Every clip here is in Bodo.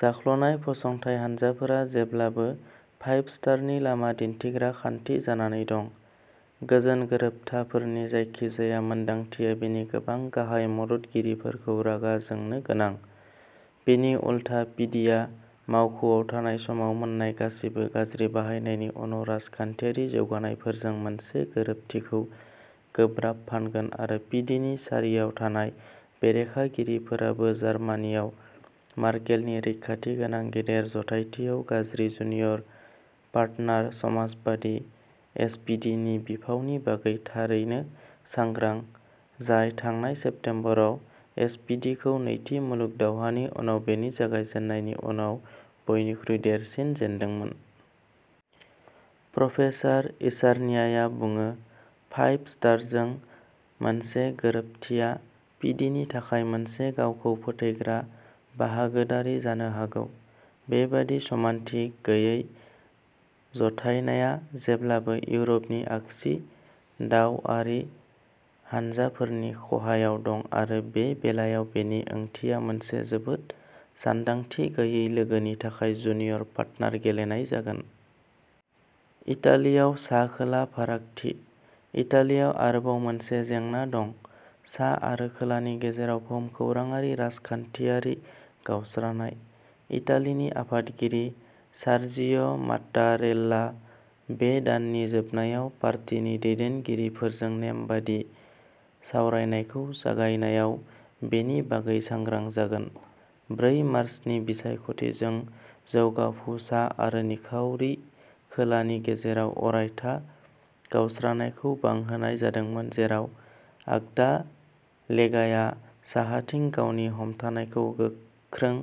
जाख्ल'नाय फसंथाय हानजाफोरा जेब्लाबो फाइभ स्टारनि लामा दिन्थिग्रा खान्थि जानानै दं। गोजोन गोरोबथाफोरनि जायखिजाया मोनदांथिया बेनि गोबां गाहाय मददगिरिफोरखौ रागा जोंनो गोनां। बिनि उलथा पिडिआ मावख'आव थानाय समाव मोन्नाय गासिबो गाज्रि बाहायनायनि उनाव राजखान्थियारि जौगानायफोरजों मोनसे गोरोबथिखौ गोब्राब फानगोन आरो पिडिनि सारियाव थानाय बेरेखागिरिफोराबो जार्मानियाव मर्केलनि रैखाथि गोनां गेदेर जथायथियाव गाज्रि जुनियर पार्टनार समाजबादि एसपिडिनि बिफावनि बागै थारैनो सांग्रां जाय थांनाय सेप्तेम्बराव एसपिडिखौ नैथि मुलुग दावहानि उनाव बेनि जागायजेन्नायनि उनाव बयनिख्रुइ देरसिन जेनदोंमोन। प्रफेसार इसार्नियाया बुङो फाइभ स्टारजों मोनसे गोरोबथिया पिडिनि थाखाय मोनसे गावखौ फोथैग्रा बाहागोदारि जानो हागौ। बेबादि समानथि गैयै जथायनाया जेब्लाबो इउरपनि आगसि दावआरि हानजाफोरनि खहायाव दं आरो बे बेलायाव बेनि ओंथिया मोनसे जोबोद सानदांथि गैयै लोगोनि थाखाय जुनियर पार्टनार गेलेनाय जागोन। इटालियाव सा खोला फारागथि। इटालियाव आरोबाव मोनसे जेंना दं सा आरो खोलानि गेजेराव भुमखौराङारि राजखान्थियारि गावस्रानाय। इटालिनि आफादगिरि सार्जिअ'मातारेल्ला बे दाननि जोबनायाव पार्टीनि दैदेनगिरिफोरजों नेमबादि सावरायनायखौ जागायनायाव बेनि बागै सांग्रां जागोन। ब्रै मार्चनि बिसायख'थिजों जौगाफु सा आरो निखावरि खोलानि गेजेराव अरायथा गावस्रानायखौ बांहोनाय जादोंमोन जेराव आगदा लेगाया साहाथिं गावनि हमथानायखौ गोख्रों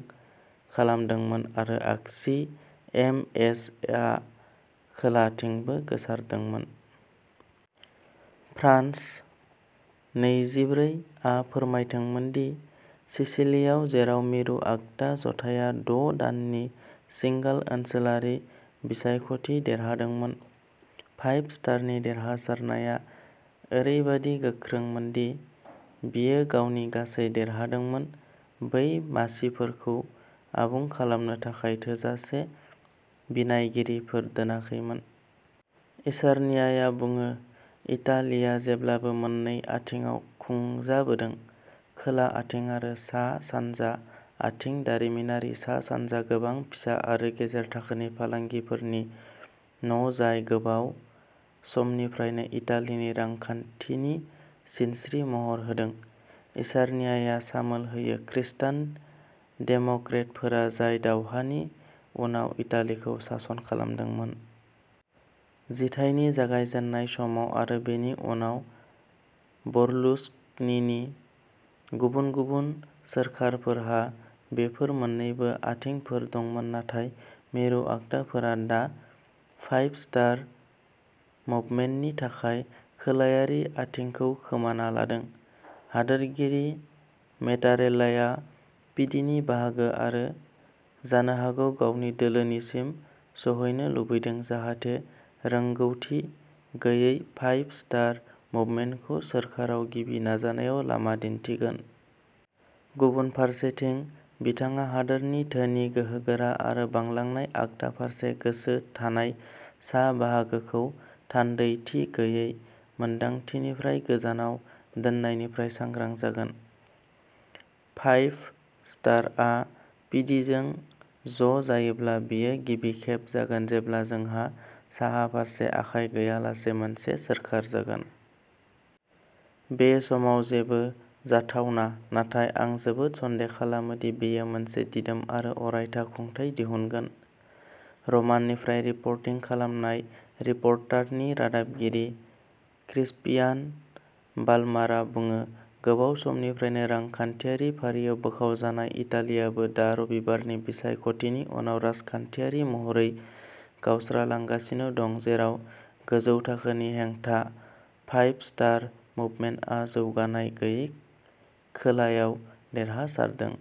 खालामदोंमोन आरो आगसि एम एसआ खोलाथिंबो गोसारदोंमोन। फ्रान्स नैजिब्रै आ फोरमायदोंमोन दि सिसिलियाव जेराव मिरु आगदा जथाइया द' दाननि सिगांल ओनसोलारि बिसायख'थि देरहादोंमोन फाइभ स्टारनि देरहासारनाया ओरैबायदि गोख्रोंमोन दि बियो गावनि गासै देरहादोंमोन बै मासिफोरखौ आबुं खालामनो थाखाय थोजासे बिनायगिरिफोर दोनाखैमोन। इसार्नियाया बुङो इटालिया जेब्लाबो मोन्नै आथिंआव खुंजाबोदों खोला आथिं आरो सा सानजा आथिं दारिमिनारि सा सानजा गोबां फिसा आरो गेजेर थाखोनि फालांगिफोरनि न'जाय गोबाव समनिफ्रायनो इटालिनि रांखान्थिनि सिनस्रि महर होदों। इसार्नियाया सामोल होयो खृस्टान डेम'क्रेटफोरा जाय दावहानि उनाव इटालिखौ सासन खालामदोंमोन। जिथाइनि जागायजेन्नाय समाव आरो बेनि उनाव बर्लुस्कनिनि गुबुन गुबुन सोरखारफोरहा बेफोर मोन्नैबो आथिंफोर दंमोन नाथाय मिरु आगदाफोरा दा फाइभ स्टार मुभमेन्टनि थाखाय खोलायारि आथिंखौ खोमाना लादों। हादोरगिरि मेटारेल्लाया पिडिनि बाहागो आरो जानो हागौ गावनि दोलोनिसिम सौहैनो लुबैदों जाहाथे रोंगौथि गैयै फाइभ स्टार मुभमेन्टखौ सोरखाराव गिबि नाजानायाव लामा दिन्थिगोन। गुबुन फारसेथिं बिथाङा हादोरनि धोनि गोहोगोरा आरो बांलांनाय आगदा फारसे गोसो थानाय सा बाहागोखौ थान्दैथि गैयै मोन्दांथिनिफ्राय गोजानाव दोननायनिफ्राय सांग्रां जागोन। फाइभ स्टारआ पिदिजों ज' जायोब्ला बेयो गिबि खेब जागोन जेब्ला जोंहा साहा फारसे आखाय गैयालासे मोनसे सोरखार जागोन। बे समाव जेबो जाथावना। नाथाय आं जोबोद सन्देह खालामो दि बेयो मोनसे दिदोम आरो अरायथा खुंथाय दिहुनगोन। र'मनिफ्राय रिपर्टिं खालामनाय रायटारनि रादाबगिरि क्रिस्पियान बाल्मारआ बुङो गोबाव समनिफ्रायनो रांखान्थियारि फारियाव बोखावजानाय इटालीआबो दा रबिबारनि बिसायख'थिनि उनाव राजखान्थियारि महरै गावस्रालांगासिनो दं जेराव गोजौ थाखोनि हेंथा फाइभ स्टार मुभमेन्टआ जौगानाय गैयै खोलायाव देरहासारदों।